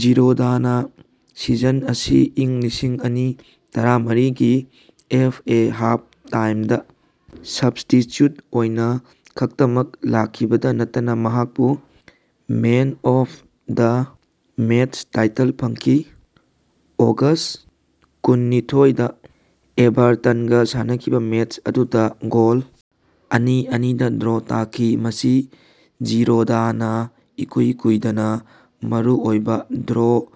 ꯖꯤꯔꯣꯗꯅꯥ ꯁꯤꯖꯟ ꯑꯁꯤ ꯏꯪ ꯂꯤꯁꯤꯡ ꯑꯅꯤ ꯇꯔꯥꯃꯔꯤ ꯒꯤ ꯑꯦꯐ. ꯑꯦ. ꯍꯥꯐ ꯇꯥꯏꯝꯗ ꯁꯞꯁ꯭ꯇꯤꯆ꯭ꯌꯨꯠ ꯑꯣꯏꯅꯥ ꯈꯛꯇꯃꯛ ꯂꯥꯛꯈꯤꯕꯗ ꯅꯠꯇꯅ ꯃꯍꯥꯛꯄꯨ man of the match title ꯐꯪꯈꯤ ꯫ ꯑꯣꯒꯁ꯭ꯠ ꯀꯨꯟ ꯅꯤꯊꯣꯏꯗ ꯑꯦꯚꯥꯔꯇꯟꯒ ꯁꯥꯟꯅꯈꯤꯕ ꯃꯦꯆ ꯑꯗꯨꯗ ꯒꯣꯜ ꯑꯅꯤ - ꯑꯅꯤꯗ ꯗ꯭ꯔꯣ ꯇꯥꯈꯤ ꯃꯁꯤ ꯖꯤꯔꯣꯗꯅ ꯏꯀꯨꯏ ꯀꯨꯏꯗꯅꯥ ꯃꯔꯨꯑꯣꯏꯕꯥ ꯗ꯭ꯔꯣ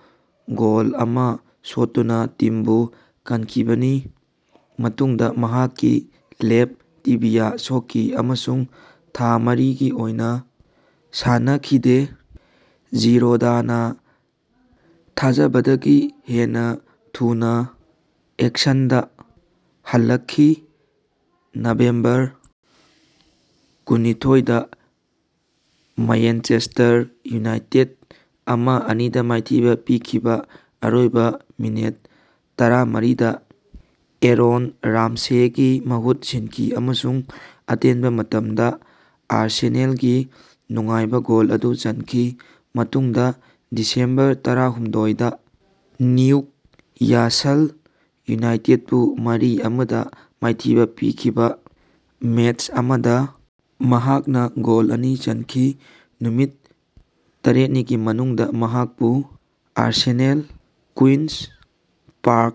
ꯒꯣꯜ ꯑꯃꯥ ꯁꯣꯠꯇꯨꯅꯥ ꯇꯤꯝꯕꯨ ꯀꯟꯈꯤꯕꯅꯤ ꯃꯇꯨꯡꯗ ꯃꯍꯥꯛꯀꯤ ꯂꯦꯐꯠ ꯇꯤꯕꯤꯌꯥ ꯁꯣꯛꯈꯤ ꯑꯃꯁꯨꯡ ꯊꯥ ꯃꯔꯤꯒꯤ ꯑꯣꯏꯅꯥ ꯁꯥꯟꯅꯈꯤꯗꯦ꯫ ꯖꯤꯔꯣꯗꯅꯥ ꯊꯥꯖꯕꯗꯒꯤ ꯍꯦꯟꯅꯥ ꯊꯨꯅꯥ ꯑꯦꯛꯁꯟꯗꯥ ꯍꯜꯂꯛꯈꯤ, ꯅꯕꯦꯝꯕꯔ ꯀꯨꯟꯅꯤꯊꯣꯏꯗ ꯃ꯭ꯌꯥꯟꯆꯦꯁꯇꯔ ꯌꯨꯅꯥꯏꯇꯦꯗꯇ ꯑꯃ -ꯑꯅꯤꯗ ꯃꯥꯏꯊꯤꯕꯥ ꯄꯤꯈꯤꯕꯥ ꯑꯔꯣꯏꯕꯥ ꯃꯤꯅꯤꯠ ꯇꯔꯥꯃꯥꯔꯤꯗ ꯑꯦꯔꯣꯟ ꯔꯥꯃꯁꯦꯒꯤ ꯃꯍꯨꯠ ꯁꯤꯟꯈꯤ ꯑꯃꯁꯨꯡ ꯑꯇꯦꯟꯕ ꯃꯇꯝꯗ ꯑꯥꯔꯁꯦꯅꯥꯜꯒꯤ ꯅꯨꯡꯉꯥꯏꯕꯥ ꯒꯣꯜ ꯑꯗꯨ ꯆꯟꯈꯤ꯫ ꯃꯇꯨꯡꯗ ꯗꯤꯁꯦꯝꯕꯔ ꯇꯔꯥꯍꯨꯝꯗꯣꯏꯗ ꯅ꯭ꯌꯨꯛꯌꯥꯁꯜ ꯌꯨꯅꯥꯏꯇꯦꯗꯄꯨ ꯃꯔꯤ ꯑꯃꯥꯗ ꯃꯥꯏꯊꯤꯕ ꯄꯤꯈꯤꯕ ꯃꯦꯆ ꯑꯃꯗ ꯃꯍꯥꯛꯅ ꯒꯣꯜ ꯑꯅꯤ ꯆꯟꯈꯤ꯫ ꯅꯨꯃꯤꯠ ꯇꯔꯦꯠꯅꯤꯒꯤ ꯃꯇꯨꯡꯗ ꯃꯍꯥꯛꯄꯨ ꯑꯥꯔꯁꯦꯅꯦꯜ ꯀꯨꯏꯟꯁ ꯄꯥꯔꯛ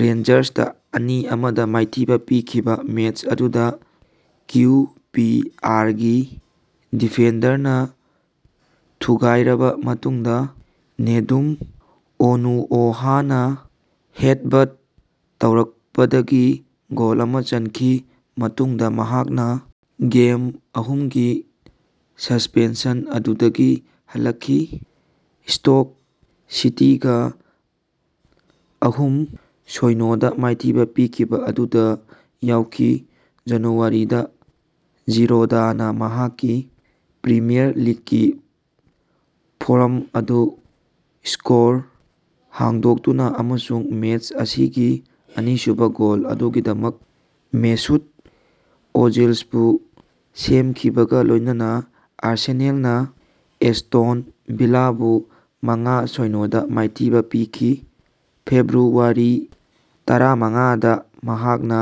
ꯔꯦꯟꯖꯔꯁꯇ ꯑꯅꯤ -ꯑꯃꯗ ꯃꯥꯏꯊꯤꯕꯥ ꯄꯤꯈꯤꯕꯥ ꯃꯦꯆ ꯑꯗꯨꯗ ꯀꯤꯎ ꯄꯤ ꯑꯥꯔꯒꯤ ꯗꯤꯐꯦꯟꯗꯔꯅ ꯊꯨꯒꯥꯏꯔꯕ ꯃꯇꯨꯡꯗ ꯅꯦꯗꯨꯝ ꯑꯣꯅꯨꯑꯣꯍꯥꯅ ꯍꯦꯗꯕꯠ ꯇꯧꯔꯛꯄꯗꯒꯤ ꯒꯣꯜ ꯑꯃꯥ ꯆꯟꯈꯤ꯫ ꯃꯇꯨꯡꯗ ꯃꯍꯥꯛꯅ ꯒꯦꯝ ꯑꯍꯨꯝꯒꯤ ꯁꯁꯄꯦꯟꯁꯟ ꯑꯗꯨꯗꯒꯤ ꯍꯜꯂꯛꯈꯤ ꯁ꯭ꯇꯣꯛ ꯁꯤꯇꯤꯒ ꯑꯍꯨꯝ - ꯁꯣꯢꯅꯣꯗ ꯃꯥꯏꯊꯤꯕꯥ ꯄꯤꯈꯤꯕ ꯑꯗꯨꯗ ꯌꯥꯎꯈꯤ꯫ ꯖꯅꯨꯋꯥꯔꯤꯗ ꯖꯤꯔꯣꯗꯅꯥ ꯃꯍꯥꯛꯀꯤ ꯄ꯭ꯔꯤꯃꯤꯌꯥꯔ ꯂꯤꯒꯀꯤ ꯐꯣꯔꯝ ꯑꯗꯨ ꯁ꯭ꯀꯣꯔ ꯍꯥꯡꯗꯣꯛꯇꯨꯅꯥ ꯑꯃꯁꯨꯡ ꯃꯦꯆ ꯑꯁꯤꯒꯤ ꯑꯅꯤꯁꯨꯕꯥ ꯒꯣꯜ ꯑꯗꯨꯒꯤꯗꯃꯛ ꯃꯦꯁꯨꯠ ꯑꯣꯖꯤꯂꯕꯨ ꯁꯦꯝꯈꯤꯕꯒꯥ ꯂꯣꯏꯅꯅꯥ ꯑꯥꯔꯁꯦꯅꯥꯜꯅꯥ ꯑꯦꯁꯇꯣꯟ ꯚꯤꯂꯥꯕꯨ ꯃꯉꯥ-ꯁꯣꯢꯅꯣꯗꯥ ꯃꯥꯏꯊꯤꯕꯥ ꯄꯤꯈꯤ꯫ ꯐꯦꯕ꯭ꯔꯨꯋꯥꯔꯤ ꯇꯔꯥꯃꯉꯥꯗ ꯃꯍꯥꯛꯅꯥ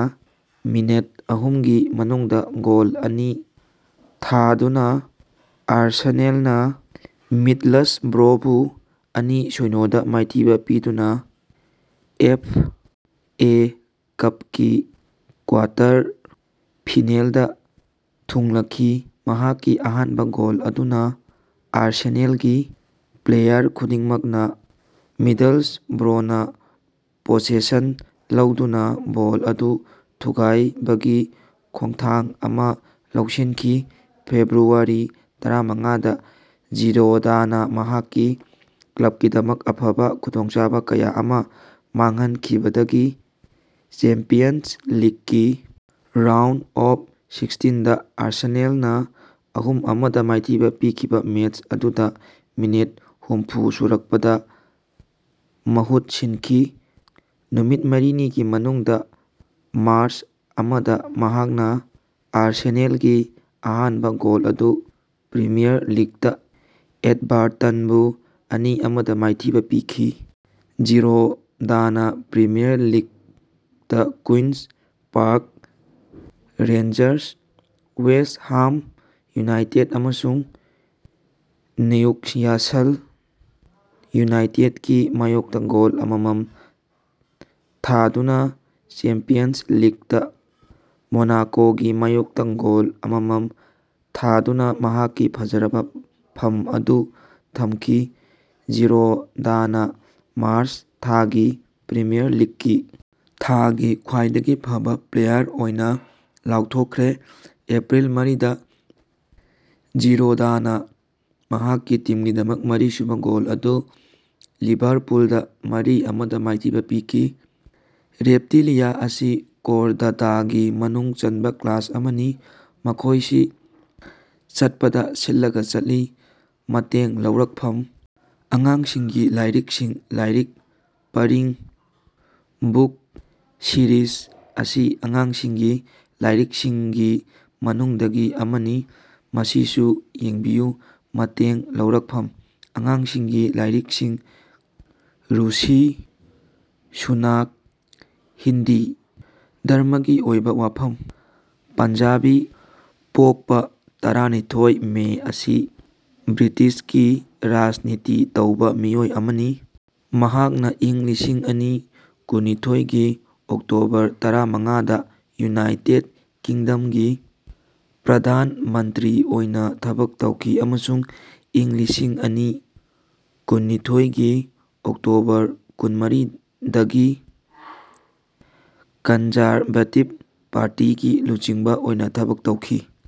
ꯃꯤꯅꯤꯠ ꯑꯍꯨꯝꯒꯤ ꯃꯅꯨꯡꯗꯥ ꯒꯣꯜ ꯑꯅꯤ ꯊꯥꯗꯨꯅ ꯑꯥꯔꯁꯦꯅꯦꯜꯅ ꯃꯤꯗꯂꯁꯕ꯭ꯔꯣꯕꯨ ꯑꯅꯤ-ꯁꯣꯢꯅꯣꯗ ꯃꯥꯏꯊꯤꯕꯥ ꯄꯤꯗꯨꯅꯥ ꯑꯦꯐ. ꯑꯦ. ꯀꯞꯀꯤ ꯀ꯭ꯋꯥꯇꯔ ꯐꯤꯅꯦꯜꯗ ꯊꯨꯡꯂꯈꯤ꯫ ꯃꯍꯥꯛꯀꯤ ꯑꯍꯥꯟꯕꯥ ꯒꯣꯜ ꯑꯗꯨꯅ ꯑꯥꯔꯁꯦꯅꯦꯜꯒꯤ ꯄ꯭ꯂꯦꯌꯥꯔ ꯈꯨꯗꯤꯡꯃꯛꯅꯥ ꯃꯤꯗꯂꯁꯕ꯭ꯔꯣꯅ ꯄꯣꯁꯦꯁꯟ ꯂꯧꯗꯅꯥ ꯕꯣꯜ ꯑꯗꯨ ꯊꯨꯒꯥꯏꯕꯒꯤ ꯈꯣꯡꯊꯥꯡ ꯑꯃꯥ ꯂꯧꯁꯤꯟꯈꯤ꯫ ꯐꯦꯕ꯭ꯔꯨꯋꯥꯔꯤ ꯇꯔꯥꯃꯉꯥꯗ ꯖꯤꯔꯣꯗꯅꯥ ꯃꯍꯥꯛꯀꯤ ꯀ꯭ꯂꯕꯀꯤꯗꯃꯛ ꯑꯐꯕꯥ ꯈꯨꯗꯣꯡꯆꯥꯕꯥ ꯀꯌꯥ ꯑꯃꯥ ꯃꯥꯡꯍꯟꯈꯤꯕꯗꯒꯤ ꯆꯦꯝꯄꯤꯌꯟꯁ ꯂꯤꯛꯀꯤ ꯔꯥꯎꯟꯗ ꯑꯣꯐ ꯁꯤꯛꯁꯇꯤꯟꯗ ꯑꯥꯔꯁꯦꯅꯦꯜꯅ ꯑꯍꯨꯝ -ꯑꯃꯗ ꯃꯥꯏꯊꯤꯕꯥ ꯄꯤꯈꯤꯕꯥ ꯃꯦꯆ ꯑꯗꯨꯗꯥ ꯃꯤꯅꯤꯠ ꯍꯨꯝꯐꯨ ꯁꯨꯔꯛꯄꯗ ꯃꯍꯨꯠ ꯁꯤꯟꯈꯤ ꯫ ꯅꯨꯃꯤꯠ ꯃꯔꯤꯅꯤꯒꯤ ꯃꯇꯨꯡꯗ ꯃꯥꯔꯆ ꯑꯃꯗ ꯃꯍꯥꯛꯅ ꯑꯥꯔꯁꯦꯅꯦꯜꯒꯤ ꯑꯍꯥꯟꯕꯥ ꯒꯣꯜ ꯑꯗꯨ ꯄ꯭ꯔꯤꯃꯤꯌꯥꯔ ꯂꯤꯛꯇ ꯑꯦꯚꯥꯔꯇꯟꯕꯨ ꯑꯅꯤ- ꯑꯃꯗ ꯃꯥꯏꯊꯤꯕꯥ ꯄꯤꯈꯤ ꯫ ꯖꯤꯔꯣꯗꯅ ꯄ꯭ꯔꯤꯃꯤꯌꯥꯔ ꯂꯤꯛꯇ Queens Park Rangers, West Ham United ꯑꯃꯁꯨꯡ ꯅ꯭ꯌꯨꯛꯌꯥꯁꯜ ꯌꯨꯅꯥꯏꯇꯦꯗꯀꯤ ꯃꯥꯌꯣꯛꯇꯥ ꯒꯣꯜ ꯑꯃꯃꯝ ꯊꯥꯗꯨꯅ ꯆꯦꯝꯄꯤꯌꯟꯁ ꯂꯤꯛꯇ ꯃꯣꯅꯥꯀꯣꯒꯤ ꯃꯥꯌꯣꯛꯇ ꯒꯣꯜ ꯑꯃꯃꯝ ꯊꯥꯗꯨꯅꯥ ꯃꯍꯥꯛꯀꯤ ꯐꯖꯔꯕꯥ ꯐꯝ ꯑꯗꯨ ꯊꯝꯈꯤ꯫ꯖꯤꯔꯣꯗꯅ ꯃꯥꯔꯆ ꯊꯥꯒꯤ ꯄ꯭ꯔꯤꯃꯤꯌꯥꯔ ꯂꯤꯛꯀꯤ ꯊꯥꯒꯤ ꯈ꯭ꯋꯥꯏꯗꯒꯤ ꯐꯕꯥ ꯄ꯭ꯂꯦꯌꯥꯔ ꯑꯣꯏꯅ ꯂꯥꯎꯊꯣꯛꯈ꯭ꯔꯦ꯫ ꯑꯦꯄ꯭ꯔꯤꯜ ꯃꯔꯤꯗ ꯖꯤꯔꯣꯗꯅꯥ ꯃꯍꯥꯛꯀꯤ ꯇꯤꯝꯒꯤꯗꯃꯛ ꯃꯔꯤꯁꯨꯕꯥ ꯒꯣꯜ ꯑꯗꯨ ꯂꯤꯚꯥꯔꯄꯨꯜꯗꯥ ꯃꯔꯤ ꯑꯃꯗ ꯃꯥꯏꯊꯤꯕꯥ ꯄꯤꯈꯤ ꯫ ꯔꯦꯞꯇꯤꯂꯤꯌꯥ ꯑꯁꯤ ꯀꯣꯔꯗꯥꯇꯥꯒꯤ ꯃꯅꯨꯡ ꯆꯟꯕ ꯀ꯭ꯂꯥꯁ ꯑꯃꯅꯤ꯫ ꯃꯈꯣꯢꯁꯤ ꯆꯠꯄꯗ ꯁꯤꯠꯂꯒ ꯆꯠꯂꯤ꯫ ꯃꯇꯦꯡ ꯂꯧꯔꯛꯐꯝ :ꯑꯉꯥꯡꯁꯤꯡꯒꯤ ꯂꯥꯢꯔꯤꯛꯁꯤꯡ ꯂꯥꯢꯔꯤꯛ ꯄꯔꯤꯡ (ꯕꯨꯛ ꯁꯤꯔꯤꯁ) ꯑꯁꯤ ꯑꯉꯥꯡꯁꯤꯡꯒꯤ ꯂꯥꯢꯔꯤꯛꯁꯤꯡꯒꯤ ꯃꯅꯨꯡꯗꯒꯤ ꯑꯃꯅꯤ꯫ ꯃꯁꯤꯁꯨ ꯌꯦꯡꯕꯤꯌꯨ ꯃꯇꯦꯡ ꯂꯧꯔꯛꯐꯝ :ꯑꯉꯥꯡꯁꯤꯡꯒꯤ ꯂꯥꯢꯔꯤꯛꯁꯤꯡ ꯔꯨꯁꯤ ꯁꯨꯅꯥꯛ ꯍꯤꯟꯗꯤ: ꯙꯔꯝꯃꯒꯤ ꯑꯣꯏꯕꯥ ꯋꯥꯐꯝ: ꯄꯟꯖꯥꯕꯤ ꯄꯣꯛꯄꯥ ꯇꯔꯥꯅꯤꯊꯣꯏ ꯃꯦ ꯑꯁꯤ ꯕ꯭ꯔꯤꯇꯤꯁꯀꯤ ꯔꯥꯖꯅꯤꯇꯤ ꯇꯧꯕꯥ ꯃꯤꯑꯣꯏ ꯑꯃꯅꯤ, ꯃꯍꯥꯛꯅꯥ ꯏꯪ ꯂꯤꯁꯤꯡ ꯑꯅꯤ ꯀꯨꯟꯅꯤꯊꯣꯏꯒꯤ ꯑꯣꯛꯇꯣꯕꯔ ꯇꯔꯥꯃꯉꯥ ꯗꯒꯤ ꯌꯨꯅꯥꯏꯇꯦꯗ ꯀꯤꯡꯗꯃꯒꯤ ꯄ꯭ꯔꯙꯥꯟ ꯃꯟꯠꯔꯤ ꯑꯣꯏꯅꯥ ꯊꯕꯛ ꯇꯧꯈꯤ ꯑꯃꯁꯨꯡ ꯏꯪ ꯂꯤꯁꯤꯡ ꯑꯅꯤ ꯀꯨꯟꯅꯤꯊꯣꯏꯒꯤ ꯑꯣꯛꯇꯣꯕꯔ ꯀꯨꯟꯃꯔꯤ ꯗꯒꯤ ꯀꯅꯖꯥꯔꯕꯇꯤꯕ ꯄꯥꯔꯇꯤꯒꯤ ꯂꯨꯆꯤꯡꯕꯥ ꯑꯣꯏꯅꯥ ꯊꯕꯛ ꯇꯧꯈꯤ꯫